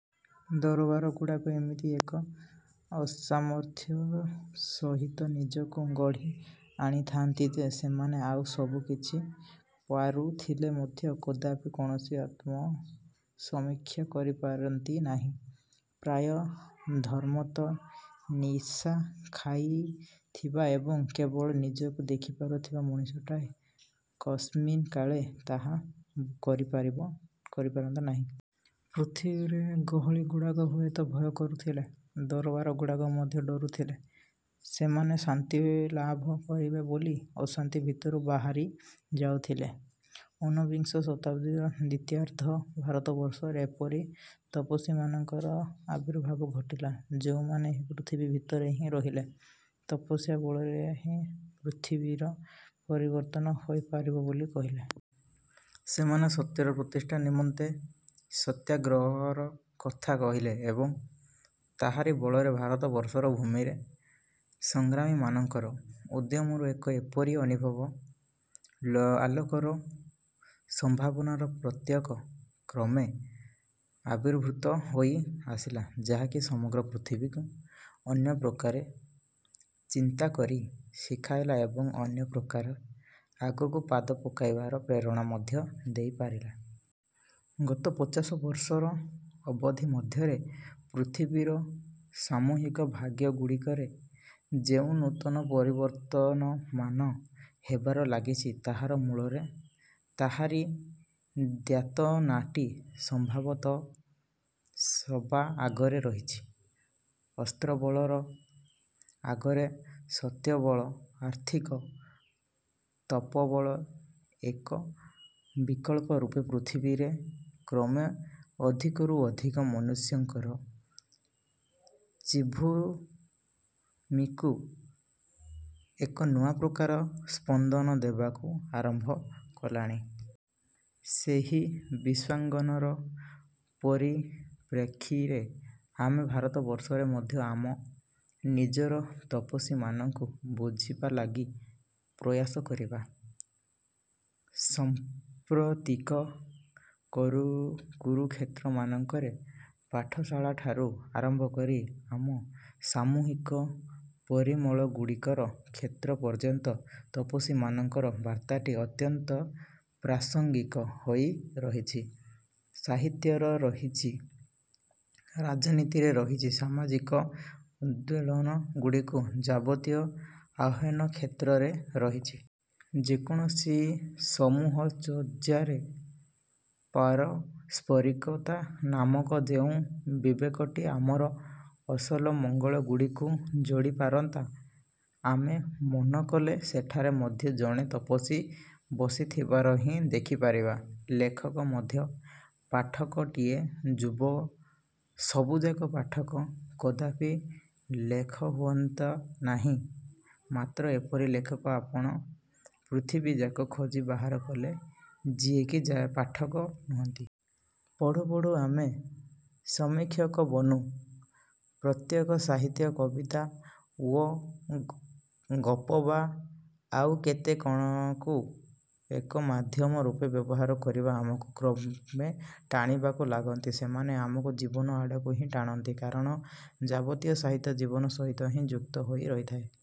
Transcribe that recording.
ଦରବାରଗୁଡ଼ାକ ଏମିତି ଏକ ଅସାମର୍ଥ୍ୟ ସହିତ ନିଜକୁ ଗଢ଼ି ଆଣିଥାଆନ୍ତି ଯେ ସେମାନେ ଆଉ ସବୁ କିଛି ପାରୁଥିଲେ ମଧ୍ୟ କଦାପି କୌଣସି ଆତ୍ମସମୀକ୍ଷା କରିପାରନ୍ତି ନାହିଁ। ପ୍ରାୟ ଧର୍ମତଃ ନିଶା ଖାଇଥିବା ଏବଂ କେବଳ ନିଜକୁ ଦେଖି ପାରୁଥିବା ମଣିଷଟାଏ କସ୍ମିନକାଳେ ତାହା କରିପାରିବ କରିପାରନ୍ତା ନାହିଁ। ପୃଥିବୀର ଗହଳିଗୁଡ଼ାକୁ ହୁଏତ ଭୟ କରୁଥିଲେ, ଦରବାରଗୁଡ଼ାକୁ ମଧ୍ୟ ଡ଼ରୁଥିଲେ। ସେମାନେ ଶାନ୍ତିଲାଭ କରିବେ ବୋଲି ଅଶାନ୍ତି ଭିତରୁ ବାହାରି ଯାଉଥିଲେ। ଊନବିଂଶ ଶତାବ୍ଦୀର ଦ୍ୱିତୀୟାର୍ଦ୍ଧରେ ଭାରତବର୍ଷରେ ଏପରି ତପସ୍ୱୀମାନଙ୍କର ଆବିର୍ଭାବ ଘଟିଲା, ଯେଉଁମାନେ ଏହି ପୃଥିବୀ ଭିତରେ ହିଁ ରହିଲେ, ତପସ୍ୟା ବଳରେ ହିଁ ପୃଥିବୀର ପରିବର୍ତ୍ତନ ହୋଇପାରିବ ବୋଲି କହିଲେ। ସେମାନେ ସତ୍ୟର ପ୍ରତିଷ୍ଠା ନିମନ୍ତେ ସତ୍ୟାଗ୍ରହର କଥା କହିଲେ ଏବଂ ତାହାରି ବଳରେ ଭାରତବର୍ଷର ଭୂମିରେ ସଂଗ୍ରାମୀମାନଙ୍କର ଉଦ୍ୟମରୁ ଏକ ଏପରି ଅନିଭବ ଆଲୋକର ସମ୍ଭାବନାର ପ୍ରତ୍ୟକ କ୍ରମେ ଆବିର୍ଭୂତ ହୋଇ ଆସିଲା ଯାହାକି ସମଗ୍ର ପୃଥିବୀକୁ ଅନ୍ୟପ୍ରକାରେ ଚିନ୍ତାକରି ଶିଖାଇଲା ଏବଂ ଅନ୍ୟ ପ୍ରକାରେ ଆଗକୁ ପାଦ ପକାଇବାର ପ୍ରେରଣା ମଧ୍ୟ ଦେଇପାରିଲା। ଗତ ପଚାଶ ବର୍ଷର ଅବଧି ମଧ୍ୟରେ ପୃଥିବୀର ସାମୂହିକ ଭାଗ୍ୟଗୁଡ଼ିକରେ ଯେଉଁ ନୂତନ ପରିବର୍ତ୍ତନମାନ ହେବାରେ ଲାଗିଛି ତାହାର ମୂଳରେ ତାହାରି ଦ୍ୟୋତନାଟି ସମ୍ଭବତଃ ସବାଆଗରେ ରହିଛି। ଅସ୍ତ୍ରବଳର ଆଗରେ ସତ୍ୟବଳ ଅର୍ଥିକ ତପୋବଳ ଏକ ବିକଳ୍ପ ରୂପେ ପୃଥିବୀରେ କ୍ରମେ ଅଧିକରୁ ଅଧିକ ମନୁଷ୍ୟଙ୍କର ଚିଦ୍ଭୂମିକୁ ଏକ ନୂଆ ପ୍ରକାର ସ୍ପନ୍ଦନ ଦେବାକୁ ଆରମ୍ଭ କଲାଣି। ସେହି ବିଶ୍ୱାଙ୍ଗନର ପରିପ୍ରେକ୍ଷୀରେ ଆମେ ଭାରତବର୍ଷରେ ମଧ୍ୟ ଆମ ନିଜର ତପସ୍ୱୀମାନଙ୍କୁ ବୁଝିବାଲାଗି ପ୍ରୟାସ କରିବା। ସାମ୍ପ୍ରତିକ କୁରୁକ୍ଷେତ୍ରମାନଙ୍କରେ ପାଠଶାଳା ଠାରୁ ଆରମ୍ଭ କରି ଆମ ସାମୂହିକ ପରିମଳଗୁଡ଼ିକର କ୍ଷେତ୍ର ପର୍ଯ୍ୟନ୍ତ ତପସ୍ୱୀମାନଙ୍କର ବାର୍ତ୍ତାଟି ଅତ୍ୟନ୍ତ ପ୍ରାସଙ୍ଗିକ ହୋଇରହିଛି। ସାହିତ୍ୟରେ ରହିଛି, ରାଜନୀତିରେ ରହିଛି, ସାମାଜିକ ଉଦ୍ବେଳନ ଗୁଡ଼ିକର ଯାବତୀୟ ଆହ୍ୱାନକ୍ଷେତ୍ରରେ ରହିଛି। ଯେକୌଣସି ସମୂହଚର୍ଯ୍ୟାରେ ପାରସ୍ପରିକତା ନାମକ ଯେଉଁ ବିବେକଟି ଆମର ଅସଲ ମଙ୍ଗଳଗୁଡ଼ିକୁ ଯୋଡ଼ିପାରନ୍ତା ଆମେ ମନ କଲେ ସେଠାରେ ମଧ୍ୟ ଜଣେ ତପସ୍ୱୀ ବସିଥିବାର ହିଁ ଦେଖିପାରିବା। ଲେଖକ ମଧ୍ୟ ପାଠକଟିଏ ସବୁଯାକ ପାଠକ କଦାପି ଲେଖ ହୁଅନ୍ତି ନାହିଁ, ମାତ୍ର ଏପରି ଲେଖକ ଆପଣ ପୃଥିବୀଯାକ ଖୋଜି ବାହାର କଲେ ଯିଏକି ପାଠକ ନୁହନ୍ତି। ପଢୁ ପଢୁ ଆମେ ସମୀକ୍ଷକ ବନୁ। ପ୍ରତ୍ୟେକ ସାହିତ୍ୟ, କବିତା, ୱ ଗପ ବା ଆଉ କେତେ କଣକୁ ଏକ ମାଧ୍ୟମ ରୂପେ ବ୍ୟବହାର କରିବା ଆମକୁ କ୍ରମେ ଟାଣିବାକୁ ଲାଗନ୍ତି। ସେମାନେ ଆମକୁ ଜୀବନ ଆଡ଼କୁ ହିଁ ଟାଣନ୍ତି। କାରଣ ଯାବତୀୟ ସାହିତ୍ୟ ଜୀବନ ସହିତ ହିଁ ଯୁକ୍ତ ହୋଇ ରହିଥାଏ।